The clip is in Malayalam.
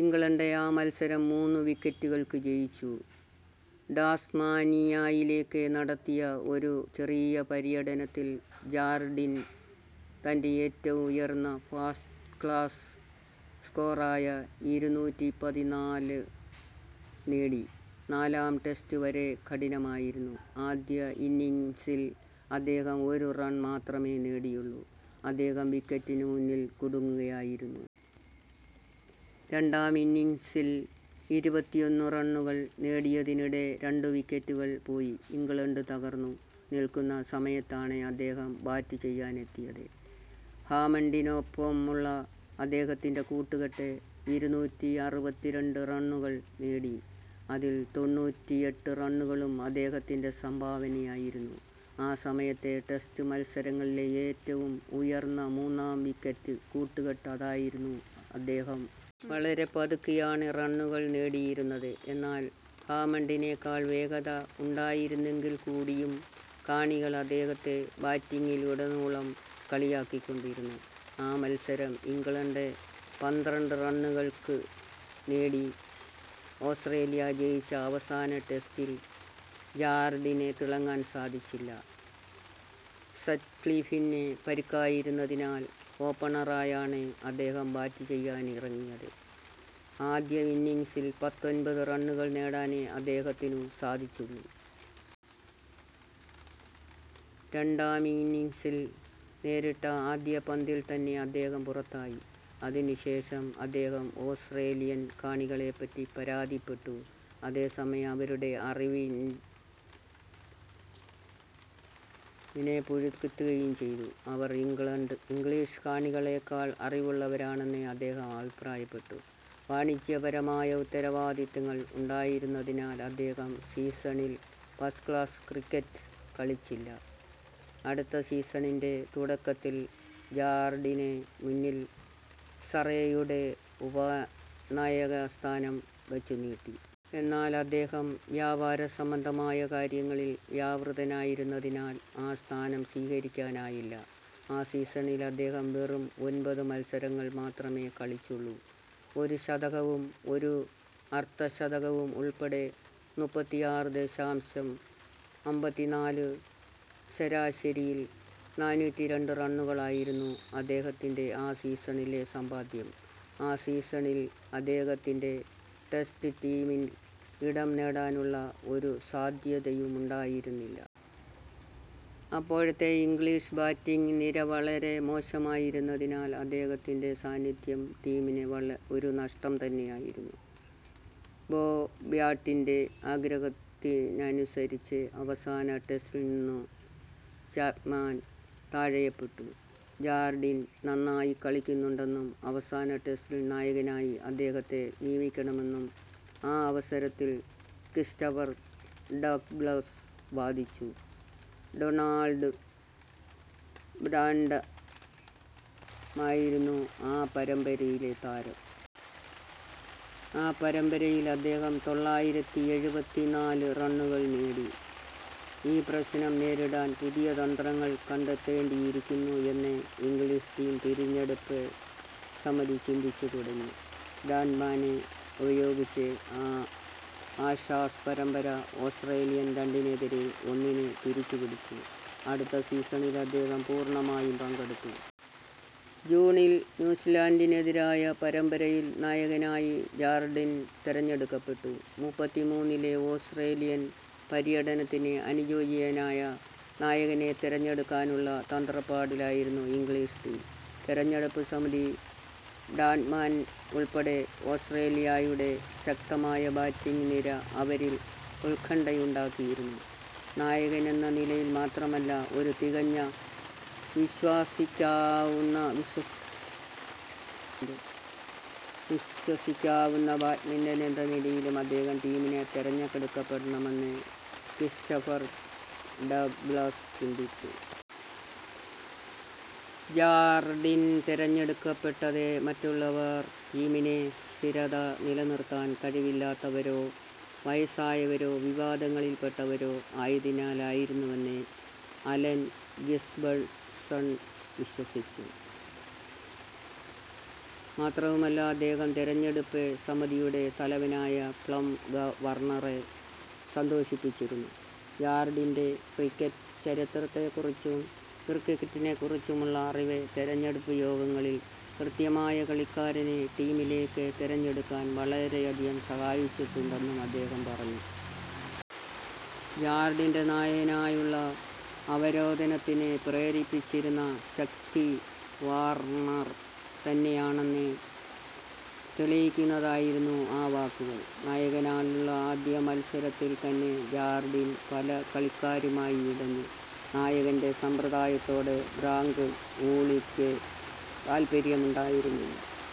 ഇംഗ്ലണ്ട് ആ മത്സരം മൂന്ന് വിക്കറ്റുകൾക്ക് ജയിച്ചു. ടാസ്മാനിയയിലേക്ക് നടത്തിയ ഒരു ചെറിയ പര്യടനത്തിൽ ജാർഡിൻ തൻ്റെ ഏറ്റവും ഉയർന്ന ഫസ്റ്റ് ക്ലാസ് സ്കോറായ ഇരുന്നൂറ്റി പതിനാല് നേടി.നാലാം ടെസ്റ്റ് വളരെ കഠിനമായിരുന്നു. ആദ്യ ഇന്നിംഗ്സിൽ അദ്ദേഹം ഒരു റൺ മാത്രമേ നേടിയുള്ളൂ. അദ്ദേഹം വിക്കറ്റിന് മുന്നിൽ കുടുങ്ങുകയായിരുന്നു. രണ്ടാം ഇന്നിംഗ്സിൽ ഇരുപത്തിയൊന്ന് റണ്ണുകൾ നേടുന്നതിനിടെ രണ്ട് വിക്കറ്റുകൾ പോയി ഇംഗ്ലണ്ട് തകർന്നു നിൽക്കുന്ന സമയത്താണ് അദ്ദേഹം ബാറ്റ് ചെയ്യാനെത്തിയത്. ഹാമണ്ടിനൊപ്പമുള്ള അദ്ദേഹത്തിൻ്റെ കൂട്ടുകെട്ട് ഇരുന്നൂറ്റി അറുപത്തിരണ്ട് റണ്ണുകൾ നേടി. അതിൽ തൊണ്ണൂറ്റിയെട്ട് റണ്ണുകളും അദ്ദേഹത്തിൻ്റെ സംഭാവനയായിരുന്നു. ആ സമയത്തെ ടെസ്റ്റ് മത്സരങ്ങളിലെ ഏറ്റവും ഉയർന്ന മൂന്നാം വിക്കറ്റ് കൂട്ടുകെട്ട് അതായിരുന്നു. അദ്ദേഹം വളരെ പതുക്കെയാണ് റണ്ണുകൾ നേടിയിരുന്നത്. എന്നാൽ ഹാമണ്ടിനേക്കാൾ വേഗത ഉണ്ടായിരുന്നെങ്കിൽക്കൂടിയും കാണികൾ അദ്ദേഹത്തെ ബാറ്റിംഗിലുടനീളം കളിയാക്കിക്കൊണ്ടിരുന്നു. ആ മത്സരം ഇംഗ്ലണ്ട് പന്ത്രണ്ട് റണ്ണുകൾക്ക് നേടി. ഓസ്ട്രേലിയ ജയിച്ച അവസാന ടെസ്റ്റിൽ ജാർഡിന് തിളങ്ങാൻ സാധിച്ചില്ല. സറ്റ്ക്ലിഫിന് പരിക്കായിരുന്നതിനാൽ ഓപ്പണറായാണ് അദ്ദേഹം ബാറ്റ് ചെയ്യാനിറങ്ങിയത്. ആദ്യ ഇന്നിംഗ്സിൽ പത്തൊൻപത് റണ്ണുകൾ നേടാനേ അദ്ദേഹത്തിന് സാധിച്ചുള്ളൂ. രണ്ടാം ഇന്നിംഗ്സിൽ നേരിട്ട ആദ്യ പന്തിൽ തന്നെ അദ്ദേഹം പുറത്തായി. അതിനുശേഷം അദ്ദേഹം ഓസ്ട്രേലിയൻ കാണികളെപ്പറ്റി പരാതിപ്പെട്ടു. അതേസമയം അവരുടെ അറിവിനെ പുകഴ്ത്തുകയും ചെയ്തു. അവർ ഇംഗ്ലീഷ് കാണികളേക്കാൾ അറിവുള്ളവരാണെന്ന് അദ്ദേഹം അഭിപ്രായപ്പെട്ടു. വാണിജ്യപരമായ ഉത്തരവാദിത്തങ്ങൾ ഉണ്ടായിരുന്നതിനാൽ അദ്ദേഹം സീസണിൽ ഫസ്റ്റ് ക്ലാസ് ക്രിക്കറ്റ് കളിച്ചില്ല. അടുത്ത സീസണിൻ്റെ തുടക്കത്തിൽ ജാർഡിന് മുന്നിൽ സറേയുടെ ഉപനായകസ്ഥാനം വച്ചുനീട്ടി. എന്നാൽ അദ്ദേഹം വ്യാപാരസംബന്ധമായ കാര്യങ്ങളിൽ വ്യാപൃതനായിരുന്നതിനാൽ ആ സ്ഥാനം സ്വീകരിക്കാനായില്ല. ആ സീസണിൽ അദ്ദേഹം വെറും ഒൻപത് മത്സരങ്ങൾ മാത്രമേ കളിച്ചുള്ളൂ. ഒരു ശതകവും ഒരു അർധശതകവും ഉൾപ്പെടെ മുപ്പത്തിയാറ് ദശാംശം അമ്പത്തിനാല് ശരാശരിയിൽ നാനൂറ്റിരണ്ട് റണ്ണുകളായിരുന്നു അദ്ദേഹത്തിൻ്റെ ആ സീസണിലെ സമ്പാദ്യം.ആ സീസണിൽ അദ്ദേഹത്തിന് ടെസ്റ്റ് ടീമിൽ ഇടം നേടാനുള്ള ഒരു സാധ്യതയുമുണ്ടായിരുന്നില്ല. അപ്പോഴത്തെ ഇംഗ്ലീഷ് ബാറ്റിംഗ് നിര വളരെ മോശമായിരുന്നതിനാൽ അദ്ദേഹത്തിൻ്റെ അസാന്നിധ്യം ടീമിന് ഒരു നഷ്ടം തന്നെയായിരുന്നു. ബോബ് വ്യാട്ടിൻ്റെ ആഗ്രഹത്തിനനുസരിച്ച് അവസാന ടെസ്റ്റിൽനിന്നും ചാപ്മാൻ തഴയപ്പെട്ടു. ജാർഡിൻ നന്നായി കളിക്കുന്നുണ്ടെന്നും അവസാന ടെസ്റ്റിൽ നായകനായി അദ്ദേഹത്തെ നിയമിക്കണമെന്നും ആ അവസരത്തിൽ ക്രിസ്റ്റഫർ ഡഗ്ലസ് വാദിച്ചു. ഡൊണാൾഡ് ബ്രാഡ്മാനായിരുന്നു ആ പരമ്പരയിലെ താരം. ആ പരമ്പരയിൽ അദ്ദേഹം തൊള്ളായിരത്തി എഴുപത്തിനാല് റണ്ണുകൾ നേടി. ഈ പ്രശ്നം നേരിടാൻ പുതിയ തന്ത്രങ്ങൾ കണ്ടെത്തേണ്ടിയിരിക്കുന്നു എന്ന് ഇംഗ്ലീഷ് ടീം തിരഞ്ഞെടുപ്പ് സമിതി ചിന്തിച്ചു തുടങ്ങി. ബ്രാഡ്മാനെ ഉപയോഗിച്ച് ആ ആഷസ് പരമ്പര ഓസ്ട്രേലിയ രണ്ടിനെതിരെ ഒന്നിന് തിരിച്ചുപിടിച്ചു. അടുത്ത സീസണിൽ അദ്ദേഹം പൂർണ്ണമായും പങ്കെടുത്തു. ജൂണിൽ ന്യൂസിലൻഡിനെതിരായ പരമ്പരയിലെ നായകനായി ജാർഡിൻ തിരഞ്ഞെടുക്കപ്പെട്ടു. മുപ്പത്തിമൂന്നിലെ ഓസ്ട്രേലിയൻ പര്യടനത്തിന് അനുയോജ്യനായ നായകനെ തിരഞ്ഞെടുക്കാനുള്ള തത്രപ്പാടിലായിരുന്നു ഇംഗ്ലീഷ് ടീം തിരഞ്ഞെടുപ്പ് സമിതി. ബ്രാഡ്മാൻ ഉൾപ്പെടുന്ന ഓസ്ട്രേലിയയുടെ ശക്തമായ ബാറ്റിംഗ് നിര അവരിൽ ഉത്കണ്ഠയുണ്ടാക്കിയിരുന്നു. നായകൻ എന്ന നിലയിൽ മാത്രമല്ല, ഒരു തികഞ്ഞ, വിശ്വസിക്കാവുന്ന ബാറ്റ്സ്മാൻ എന്ന നിലയിലും അദ്ദേഹം ടീമിൽ തിരഞ്ഞെടുക്കപ്പെടണമെന്ന് ക്രിസ്റ്റഫർ ഡഗ്ലസ് ചിന്തിച്ചു. ജാർഡിൻ തിരഞ്ഞെടുക്കപ്പെട്ടത് മറ്റുള്ളവർ ടീമിൽ സ്ഥിരത നിലനിർത്താൻ കഴിവില്ലാത്തവരോ, വയസ്സായവരോ, വിവാദങ്ങളിൽ പെട്ടവരോ ആയതിനാലായിരുന്നുവെന്ന് അലൻ ഗിബ്സൺ വിശ്വസിച്ചു. മാത്രവുമല്ല, അദ്ദേഹം തിരഞ്ഞെടുപ്പ് സമിതിയുടെ തലവനായ പ്ലം വാർണറെ സന്തോഷിപ്പിച്ചിരുന്നു. ജാർഡിൻ്റെ ക്രിക്കറ്റ് ചരിത്രത്തെക്കുറിച്ചും ക്രിക്കറ്റിനെക്കുറിച്ചുമുള്ള അറിവ് തിരഞ്ഞെടുപ്പ് യോഗങ്ങളിൽ കൃത്യമായ കളിക്കാരനെ ടീമിലേക്ക് തിരഞ്ഞെടുക്കാൻ വളരെയധികം സഹായിച്ചിട്ടുണ്ടെന്നും അദ്ദേഹം പറഞ്ഞു. ജാർഡിൻ്റെ നായകനായുള്ള അവരോധനത്തിന് പ്രേരിപ്പിച്ചിരുന്ന ശക്തി വാർണർ തന്നെയാണെന്ന് തെളിയിക്കുന്നതായിരുന്നു ആ വാക്കുകൾ. നായകനായുള്ള ആദ്യ മത്സരത്തിൽ തന്നെ ജാർഡിൻ പല കളിക്കാരുമായി ഇടഞ്ഞു. നായകൻ്റെ സമ്പ്രദായത്തോട് ഫ്രാങ്ക് വൂളിക്ക് താൽപര്യമുണ്ടായിരുന്നില്ല.